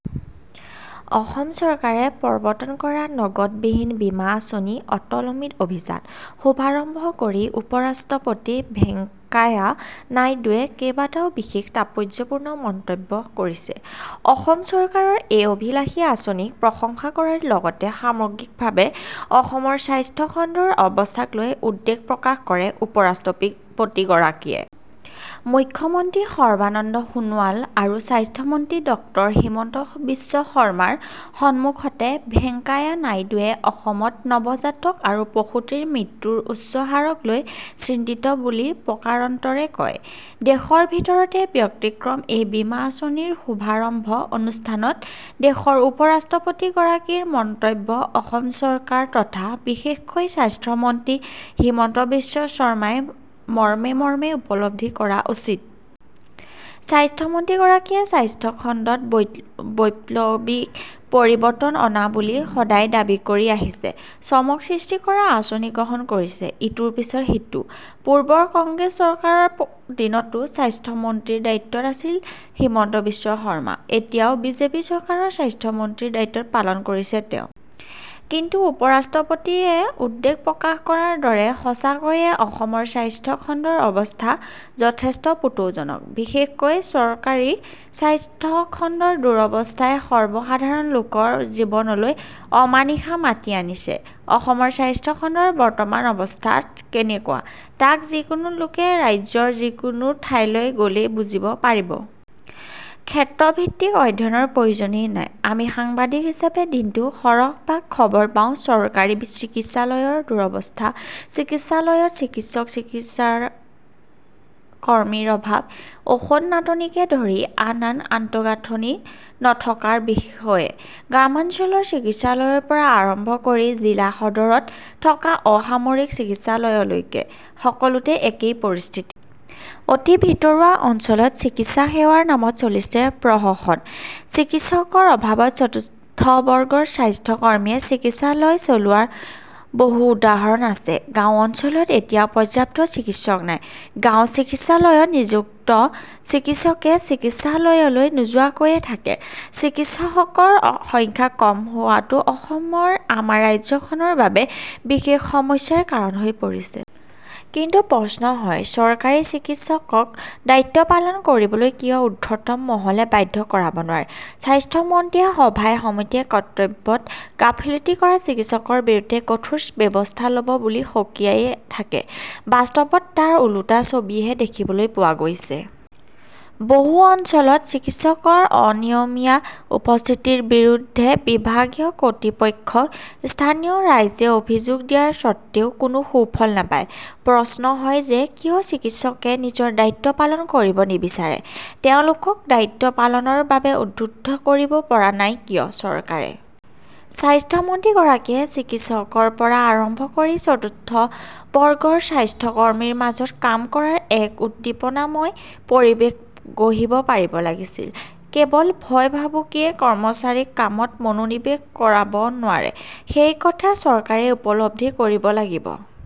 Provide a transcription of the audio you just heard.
অসম চৰকাৰে প্ৰবৰ্তন কৰা নগদবিহীন বীমা আঁচনি অটল অমৃত অভিযান শুভাৰম্ভ কৰি উপৰাষ্ট্ৰপতি ভেংকায়া নাইডুৱে কেবাটাও বিশেষ তাৎপৰ্যপূৰ্ণ মন্তব্য কৰিছে। অসম চৰকাৰৰ এই অভিলাসী আঁচনিক প্ৰশংসা কৰাৰ লগতে সামগ্ৰিকভাৱে অসমৰ স্বাস্থ্য খণ্ডৰ অৱস্থাক লৈ উদ্বেগ প্ৰকাশ কৰে উপৰাষ্ট্ৰপতিগৰাকীয়ে। মুখ্যমন্ত্ৰী সৰ্বানন্দ সোণোৱাল আৰু স্বাস্থ্যমন্ত্ৰী ডক্টৰ হিমন্ত বিশ্ব শৰ্মাৰ সন্মুখতে ভেংকায়া নাইডুৱে অসমত নৱজাতক আৰু প্ৰসূতিৰ মৃত্যুৰ উচ্চ হাৰক লৈ চিন্তিত বুলি প্ৰকাৰন্তৰে কয়। দেশৰ ভিতৰতে ব্যতিক্ৰম এই বীমা আঁচনিৰ শুভাৰম্ভ অনুষ্ঠানত দেশৰ উপৰাষ্ট্ৰপতিগৰাকীৰ মন্তব্য অসম চৰকাৰ তথা বিশেষকৈ স্বাস্থ্যমন্ত্ৰী হিমন্ত বিশ্ব শৰ্মাই মৰ্মে মৰ্মে উপলব্ধি কৰা উচিত। স্বাস্থ্যমন্ত্ৰীগৰাকীয়ে স্বাস্থ্য খণ্ডত বৈপ্লৱিক পৰিৱৰ্তন অনা বুলি সদায় দাবী কৰি আহিছে। চমক সৃষ্টি কৰা আঁচনি গ্ৰহণ কৰিছে ইটোৰ পিছত সিটো। পূৰ্বৰ কংগ্ৰেছ চৰকাৰৰ দিনতো স্বাস্থ্যমন্ত্ৰীৰ দায়িত্বত আছিল হিমন্ত বিশ্ব শৰ্মা। এতিয়াও বিজেপি চৰকাৰৰ স্বাস্থ্যমন্ত্ৰীৰ দায়িত্ব পালন কৰিছে তেওঁ। কিন্তু উপৰাষ্ট্ৰপতিয়ে উদ্বেগ প্ৰকাশ কৰাৰ দৰে সঁচাকৈয়ে অসমৰ স্বাস্থ্য খণ্ডৰ অৱস্থা যথেষ্ট পুতৌজনক। বিশেষকৈ চৰকাৰী স্বাস্থ্য খণ্ডৰ দুৰৱস্থাই সৰ্বসাধাৰণ লোকৰ জীৱনলৈ অমানিশা মাতি আনিছে। অসমৰ স্বাস্থ্য খণ্ডৰ বৰ্তমান অৱস্থা কেনেকুৱা তাক যিকোনো লোকে ৰাজ্যৰ যিকোনো ঠাইলৈ গলেই বুজিব পাৰিব। ক্ষেত্ৰ ভিত্তিক অধ্যয়নৰ প্ৰয়োজনেই নাই। আমি সাংবাদিক হিচাপে দিনটো সৰহ ভাগ খবৰ পাওঁ চৰকাৰী চিকিৎসালয়ৰ দুৰৱস্থা, চিকিৎসালয়ত চিকিৎসক-চিকিৎসাৰ কৰ্মীৰ অভাৱ, ঔষধ নাটনিকে ধৰি আন আন আন্তঃগাঁথনি নথকাৰ বিষয়ে। গ্ৰামাঞ্চলৰ চিকিৎসালয়ৰ পৰা আৰম্ভ কৰি জিলা সদৰত থকা অসামৰিক চিকিৎসালয়লৈকে সকলোতে একেই পৰিস্থিতি। অতি ভিতৰুৱা অঞ্চলত চিকিৎসা সেৱাৰ নামত চলিছে প্ৰহসন। চিকিৎসকৰ অভাৱত চতুৰ্থ বৰ্গৰ স্বাস্থ্য কৰ্মীয়ে চিকিৎসালয় চলোৱাৰ বহু উদাহৰণ আছে। গাঁও অঞ্চলত এতিয়াও পৰ্যাপ্ত চিকিৎসক নাই। গাঁৱৰ চিকিৎসালয়ত নিযুক্ত চিকিৎসকে চিকিৎসালয়লৈ নোযোৱাকৈয়ে থাকে। চিকিৎসকৰ সংখ্যা কম হোৱাটো অসমৰ আমাৰ ৰাজ্যখনৰ বাবে বিশেষ সমস্যাৰ কাৰণ হৈ পৰিছে। কিন্তু প্ৰশ্ন হয়, চৰকাৰী চিকিৎসকক দায়িত্ব পালন কৰিবলৈ কিয় ঊৰ্ধ্বতম মহলে বাধ্য কৰাব নোৱাৰে? স্বাস্থ্যমন্ত্ৰীয়ে সভাই-সমিতিয়ে কৰ্তব্যত গাফিলতি কৰা চিকিৎসকৰ বিৰুদ্ধে কঠোৰ ব্যৱস্থা লব বুলি সকীয়াই থাকে। বাস্তৱত তাৰ ওলোটা ছবিহে দেখিবলৈ পোৱা গৈছে। বহু অঞ্চলত চিকিৎসকৰ অনিয়মীয়া উপস্থিতিৰ বিৰুদ্ধে বিভাগীয় কৰ্তৃপক্ষক স্থানীয় ৰাইজে অভিযোগ দিয়াৰ সত্ত্বেও কোনো সুফল নাপায়। প্ৰশ্ন হয় যে কিয় চিকিৎসকে নিজৰ দায়িত্ব পালন কৰিব নিবিচাৰে? তেওঁলোকক দায়িত্ব পালনৰ বাবে উদ্বুদ্ধ কৰিব পৰা নাই কিয় চৰকাৰে? স্বাস্থ্যমন্ত্ৰীগৰাকীয়ে চিকিৎসকৰ পৰা আৰম্ভ কৰি চতুৰ্থ বৰ্গৰ স্বাস্থ্য কৰ্মীৰ মাজত কাম কৰাৰ এক উদ্দীপনাময় পৰিৱেশ গঢ়িব পাৰিব লাগিছিল। কেৱল ভয়-ভাবুকিৰে কৰ্মচাৰীক কামত মনোনিৱেশ কৰাব নোৱাৰে, সেই কথা চৰকাৰে উপলব্ধি কৰিব লাগিব।